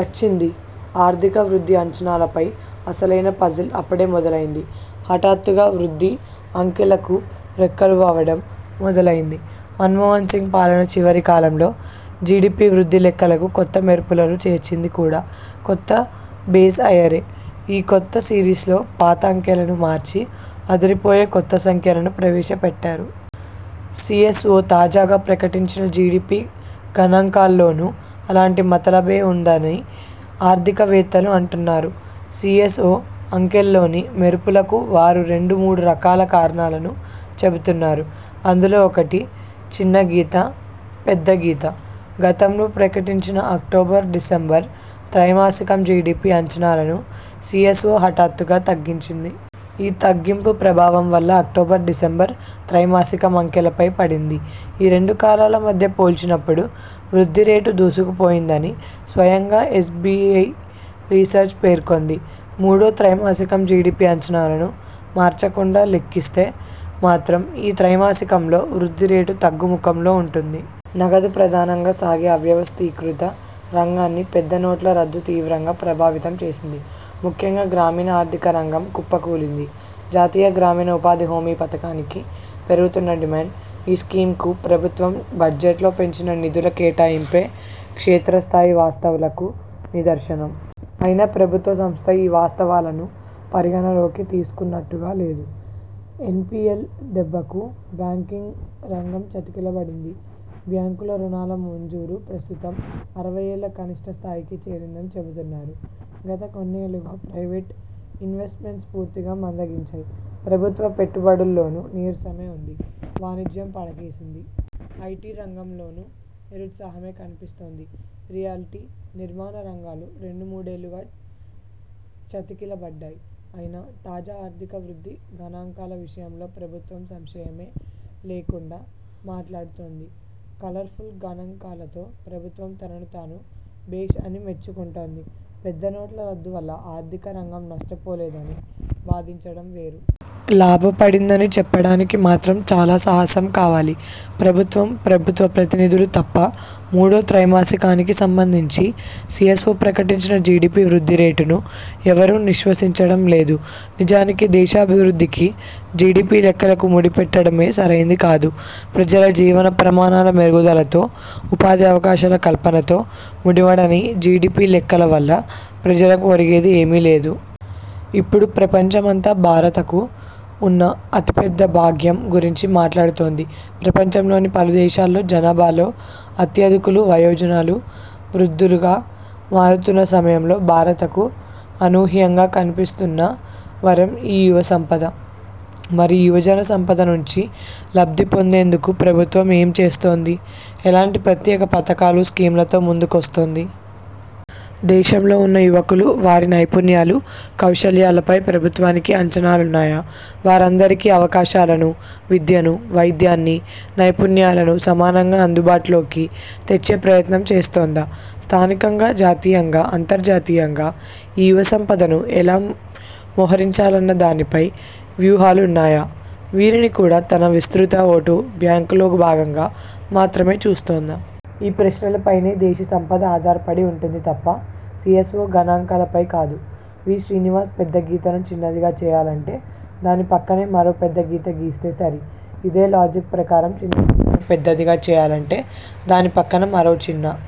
వచ్చింది? ఆర్థిక వృద్ధి అంచనాలపై అసలైన పజిల్ అప్పుడే మొదలైంది. హఠాత్తుగా వృద్ధి అంకెలకు రెక్కలురావడం మొదలైంది. మన్మోహన్సింగ్ పాలన చివరికాలంలో జిడిపి వృద్ధి లెక్కలకు కొత్త మెరుపులను చేర్చింది కూడా కొత్త బేస్ ఇయరే. ఈ కొత్త సిరీస్లో పాత అంకెలను మార్చి అదిరిపోయే కొత్త సంఖ్యలను ప్రవేశపెట్టారు. సిఎస్ఒ తాజాగా ప్రకటించిన జిడిపి గణాంకాల్లోనూ అలాంటి మతలబే ఉందని ఆర్థికవేత్తలు అంటున్నారు. సిఎస్ఒ అంకెల్లోని మెరుపులకు వారు రెండు మూడు రకాల కారణాలను చెబుతున్నారు. అందులో ఒకటి చిన్న గీత- పెద్ద గీత. గతంలో ప్రకటించిన అక్టోబర్ డిసెంబర్ త్రైమాసికం జిడిపి అంచనాలను సిఎస్ఒ హఠాత్తుగా తగ్గించింది. ఈ తగ్గింపు ప్రభావం వల్ల అక్టోబర్-డిసెంబర్ త్రైమాసికం అంకెలపై పడింది. ఈ రెండు కాలాల మధ్య పోల్చినప్పుడు వృద్ధి రేటు దూసుకుపోయిందని స్వయంగా ఎస్బిఐ రీసెర్చ్ పేర్కొంది. మూడో త్రైమాసికం జిడిపి అంచనాలను మార్చకుండా లెక్కిస్తే మాత్రం, ఈ త్రైమాసికంలో వృద్ధి రేటు తగ్గుముఖంలో ఉంటుంది. నగదు ప్రధానంగా సాగే అవ్యవస్థీకృత రంగాన్ని పెద్ద నోట్ల రద్దు తీవ్రంగా ప్రభావితం చేసింది. ముఖ్యంగా గ్రామీణ ఆర్థిక రంగం కుప్పకూలింది. జాతీయ గ్రామీణ ఉపాధి హామీ పథకానికి పెరుగుతున్న డిమాండ్, ఈ స్కీమ్కు ప్రభుత్వం బడ్జెట్లో పెంచిన నిధుల కేటాయింపే క్షేత్రస్థాయి వాస్తవాలకు నిదర్శనం. అయినా ప్రభుత్వ సంస్థ ఈ వాస్తవాలను పరిగణనలోకి తీసుకున్నట్టుగా లేదు. ఎన్పిఎల్ దెబ్బకు బ్యాంకింగ్ రంగం చతికిలబడింది. బ్యాంకుల రుణాల మంజూరు ప్రస్తుతం ఆరవై ఏళ్ల కనిష్ఠస్థాయికి చేరిందని చెబుతున్నారు. గత కొన్నేళ్లుగా ప్రైవేట్ ఇన్వెస్ట్మెంట్స్ పూర్తిగా మందగించాయి. ప్రభుత్వ పెట్టుబడుల్లోనూ నీరసమే ఉంది. వాణిజ్యం పడకేసింది. ఐటి రంగంలోనూ నిరుత్సాహమే కనిపిస్తోంది. రియల్టీ, నిర్మాణ రంగాలు రెండుమూడేళ్లుగా చతికిలబడ్డాయి. అయినా, తాజా ఆర్థిక వృద్ధి గణాంకాల విషయంలో ప్రభుత్వం సంశయమే లేకుండా మాట్లాడుతోంది. కలర్ఫుల్ గణాంకాలతో ప్రభుత్వం తనను తాను భేష్ అని మెచ్చుకుంటోంది. పెద్ద నోట్ల రద్దు వల్ల ఆర్థిక రంగం నష్టపోలేదని వాదించడం వేరు. లాభపడిందని చెప్పడానికి మాత్రం చాలా సాహసం కావాలి. ప్రభుత్వం, ప్రభుత్వ ప్రతినిధులు తప్ప మూడో త్రైమాసికానికి సంబంధించి సిఎస్ఒ ప్రకటించిన జిడిపి వృద్ధి రేటును ఎవరూ విశ్వసించడం లేదు. నిజానికి దేశాభివృద్ధికి, జిడిపి లెక్కలకు ముడిపెట్టడమే సరైంది కాదు. ప్రజల జీవన ప్రమాణాల మెరుగుదలతో, ఉపాధి అవకాశాల కల్పనతో ముడివడని జిడిపి లెక్కల వల్ల ప్రజలకు ఒరిగేది ఏమీలేదు. ఇపుడు ప్రపంచమంతా భారతకు ఉన్న అతిపెద్ద ''భాగ్యం'' గురించి మాట్లాడుతోంది. ప్రపంచంలోని పలు దేశాల్లో జనాభాలో అత్యధికులు వయోజనులు, వృద్ధులుగా మారుతున్న సమయంలో భారతకు అనూహ్యంగా కలిసివస్తున్న వరం ఈ యువసంపద. మరి ఈ యువజన సంపద నుంచి లబ్దిపొందేందుకు ప్రభుత్వం ఏం చేస్తోంది. ఎలాంటీ ప్రత్యేక పథకాలు, స్కీమ్లతో ముందుకు వస్తోంది? దేశంలో ఉన్న యువకులు వారి నైపుణ్యాలు, కౌశల్యాలపై ప్రభుత్వానికి అంచనాలున్నాయా? వారందరికీ అవకాశాలను, విద్యను, వైద్యాన్ని, నైపుణ్యాలను సమానంగా అందుబాటులోకి తెచ్చే ప్రయత్నం చేస్తోందా? స్థానికంగా, జాతీయంగా, అంతర్జాతీయంగా ఈ యువసంపదను ఎలా మొహరించాలన్న దానిపై వ్యూహాలున్నాయా? వీరిని కూడా తన విస్తృత ఓటు బ్యాంకులో భాగంగా మాత్రమే చూస్తోందా? ఈ ప్రశ్నలపైనే దేశ సంపద ఆధార పడి ఉంటుంది తప్ప.. సిఎస్ఒ గణాంకాలపై కాదు. వి. శ్రీనివాస్ పెద్ద గీతను చిన్నదిగా చేయాలంటే దాని పక్కనే మరో పెద్ద గీత గీస్తే సరి. ఇదే లాజిక్ ప్రకారం చిన్నగీతను పెద్దదిగా చేయాలంటే దాని పక్కన మరో చిన్న